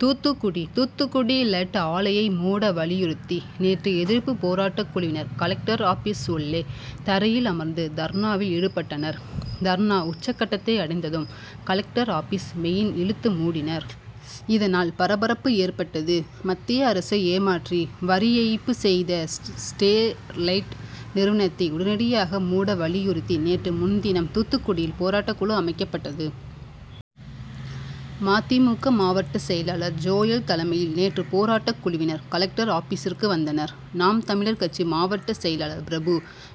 தூத்துக்குடி தூத்துக்குடி லட் ஆலையை மூட வலியுறுத்தி நேற்று எதிர்ப்பு பேரா ட்டக்குழுவினர் கலெக்டர் ஆபிஸ் உள்ளே தரையில் அமர்ந்து தர்ணாவில் ஈடுபட்டனர். தர்ணா உச்சகட்டத்தை அடைந்ததும் கலெ க்டர் ஆபிஸ் மெயின் இழுத்து மூடினர். இதனால் பரபரப்பு ஏற்பட்டது. மத்திய அரசை ஏமாற்றி வரிஏய்ப்பு செய்த ஸ்டெ ர்லைட் நிறுவனத்தை உடனடியாக மூட வலியுறுத்தி நேற்று முன்தினம் தூத்துக்குடியில் போராட்டக்குழு அமைக்கப்பட்டது. மதிமுக மாவட்ட செயலாளர் ஜோயல் தலைமையில் நேற்று போராட்டக்குழுவினர் கலெக்டர் ஆபிசிற்கு வந்தனர். நாம் தமிழர் கட்சி மாவட்ட செயலாளர் பிரபு,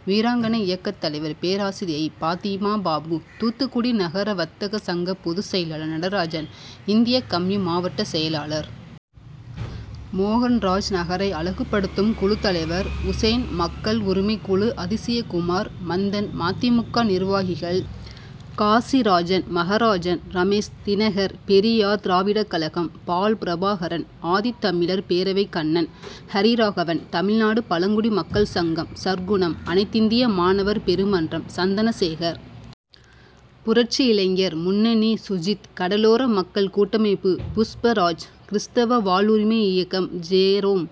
வீராங்கனை இயக்கத் தலைவர் பேராசிரியை பாத்திமாபாபு, தூத்துக்குடி நகர வர்த்தக சங்க பொதுச் செயலாளர் நடராஜன், இந்திய கம்யு., மாவட்ட செயலாளர் மோகன்ராஜ், நகரை அழகுபடுத்தும் குழு தலைவர் உசேன், மக்கள் உரிமைக்குழு அதிசயகுமார், மந்தன், மதிமுக நிர்வாகிகள் காசிராஜன், மகராஜன், ரமேஷ், தினகர், பெரியார் திராவிட கழகம் பால்பிரபாகரன், ஆதித்தமிழர் பேரவை கண்ணன், ஹரிராகவன், தமிழ்நாடு பழங்குடி மக்கள் சங்கம் சற்குணம், அனைத்திந்திய மாணவர் பெருமன்றம் சந்தனசேகர், புரட்சி இளைஞர் முன்ன ணி சுஜித், கடலோர மக்கள் கூட்டமைப்பு புஷ்பராஜ், கிறிஸ்தவ வாழ்வுரிமை இய க்கம் ஜெரோம்,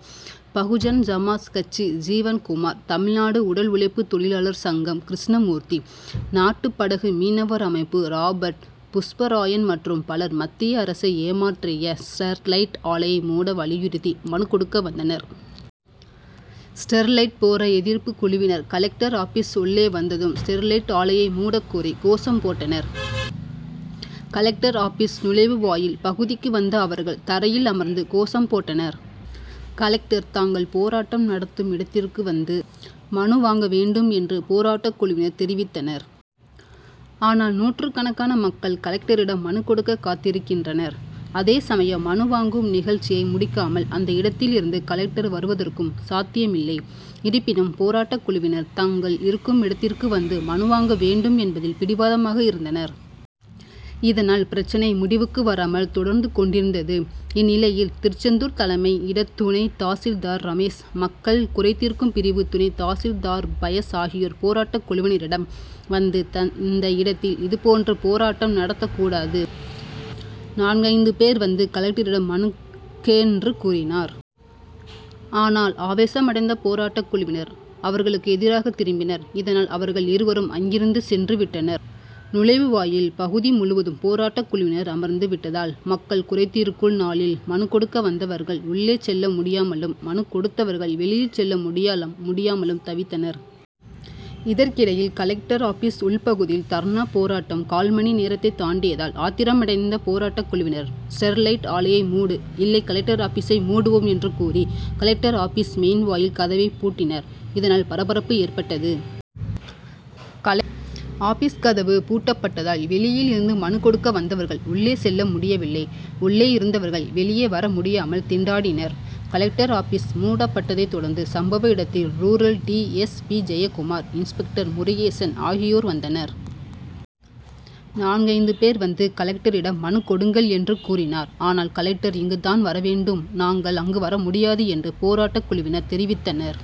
பகுஜன் சமாஜ் கட்சி ஜீவன்குமார், தமிழ்நாடு உடல் உழைப்பு தொழிலாளர் சங்கம் கிருஷ்ணமூர்த்தி, நாட்டு படகு மீனவர் அமைப்பு ராபர்ட், புஷ்பராயன் மற்றும் பலர் மத்திய அரசை ஏமாற்றிய ஸ் டெர்லைட் ஆலையை மூ ட வலியுறுத்தி மனுக் கொ டுக்க வந்தனர். ஸ்டெர்லைட் போர எதிர்ப்பு குழுவினர் கலெக்டர் ஆபிஸ் உள்ளே வந்ததும் ஸ்டெர்லைட் ஆலையை மூடக்கோரி கோஷம்போட்டனர். கலெ க்டர் ஆபிஸ் நுழைவு வா யில் பகுதிக்கு வந்த அவர்கள் தரையில் அமர்ந்து கோ ஷம் போட்டனர். கலெக்டர் தாங்கள் போராட்டம் நடத்தும் இடத்திற்கு வந்து மனு வாங்க வேண்டும் என் று போராட்ட குழுவினர் தெரிவித்தனர். ஆனால் நூற்றுக்கணக்கான மக்கள் கலெ க்டரிடம் மனுக் கொடுக்க காத்திருக்கின்றனர். அதே சமயம் மனு வாங்கும் நிக ழ்ச்சியை முடிக்காமல் அந்த இடத்தில் இருந்து கலெக்டர் வருவதற்கும் சாத்தியமி ல்லை. இருப்பினும் போ ராட்டக்குழுவினர் தாங்கள் இருக்கும் இடத்திற்கு வந்து மனுவாங்க வேண்டும் என்பதில் பிடிவாதமாக இருந்தனர். இதனால் பிரச்னை மு டிவுக்கு வராமல் தொடர்ந்து கொண்டிருந்தது. இந் நிலையில் திருச்செந்தூர் தலைமை இடத்து துணை தாசில்தார் ரமேஷ், மக்கள் குறைதீர்க்கும் பிரிவு துணை தாசில்தார் பயஸ் ஆகியோர் போராட்டக்குழவினரிடம் வந்து இந்த இட த்தில் இதுபோன்று போ ராட்டம் நடத்த கூடாது. நான்கைந்து பேர் வந்து கலெக்டரிடம் மனுக் கெ என்று கூறினர். ஆனால் ஆவேசமடைந்த போராட்டக்குழுவினர் அவ ர்களுக்கு எதிராக திரும்பினர். இதனால் அவர்கள் இ ருவரும் அங்கிருந்து சென்று விட்டனர். நுழைவு வாயில் பகுதி முழுவதும் போராட்டக்குழுவினர் அமர்ந்து விட்டதால் மக்கள் குறைதீர்க்குள் நாளில் மனுக் கொடுக்க வந்தவர்கள் உள்ளே செல்ல முடியாமலும், மனுக் கொ டுத்தவர்கள் வெளியில் செ ல்ல முடியலும் முடியாமலும் தவித்தனர். இதற்கிடையில் கலெக்டர் ஆபிஸ் உள் பகுதியில் தர்ணா போராட்டம் கால் மணி நேரத்தை தாண்டியதால் ஆத்திரமடைந்த போ ராட்டக்குழுவினர் ஸ்டெர்லைட் ஆலையை மூடு, இல்லை கலெக்டர் ஆபி சை மூடுவோம் என்று கூறி, கலெக்டர் ஆபிசின் மெ யின் வாயில் கதவை பூட்டினர். இதனால் பரபரப்பு ஏற்பட்டது. கலெக் ஆபி ஸ் கதவு பூட்டப்பட்டதால் வெளியில் இருந்து மனுக் கொடுக்க வந்தவர்கள் உள் ளே செல்ல முடியவில்லை. உள்ளே இருந்தவர்கள் வெ ளியே வர முடியாமல் திண்டாடினர். கலெக்டர் ஆபிஸ் மூடப்பட்டதை தொடர்ந்து சம்பவ இடத்தில் rural D. S. P Jayakumar, inspector Murugesan ஆகியோர் வந்தனர். நான்கைந்து பேர் வந்து கலெக்டரிடம் மனுக் கொடுங்கள் என்று கூறினார். ஆனால் கலெக்டர் இங்கு தான் வரவேண்டும். நாங்கள் அங்கு வரமுடியாது என்று போராட்டக்குழுவினர் தெரிவித்தனர்.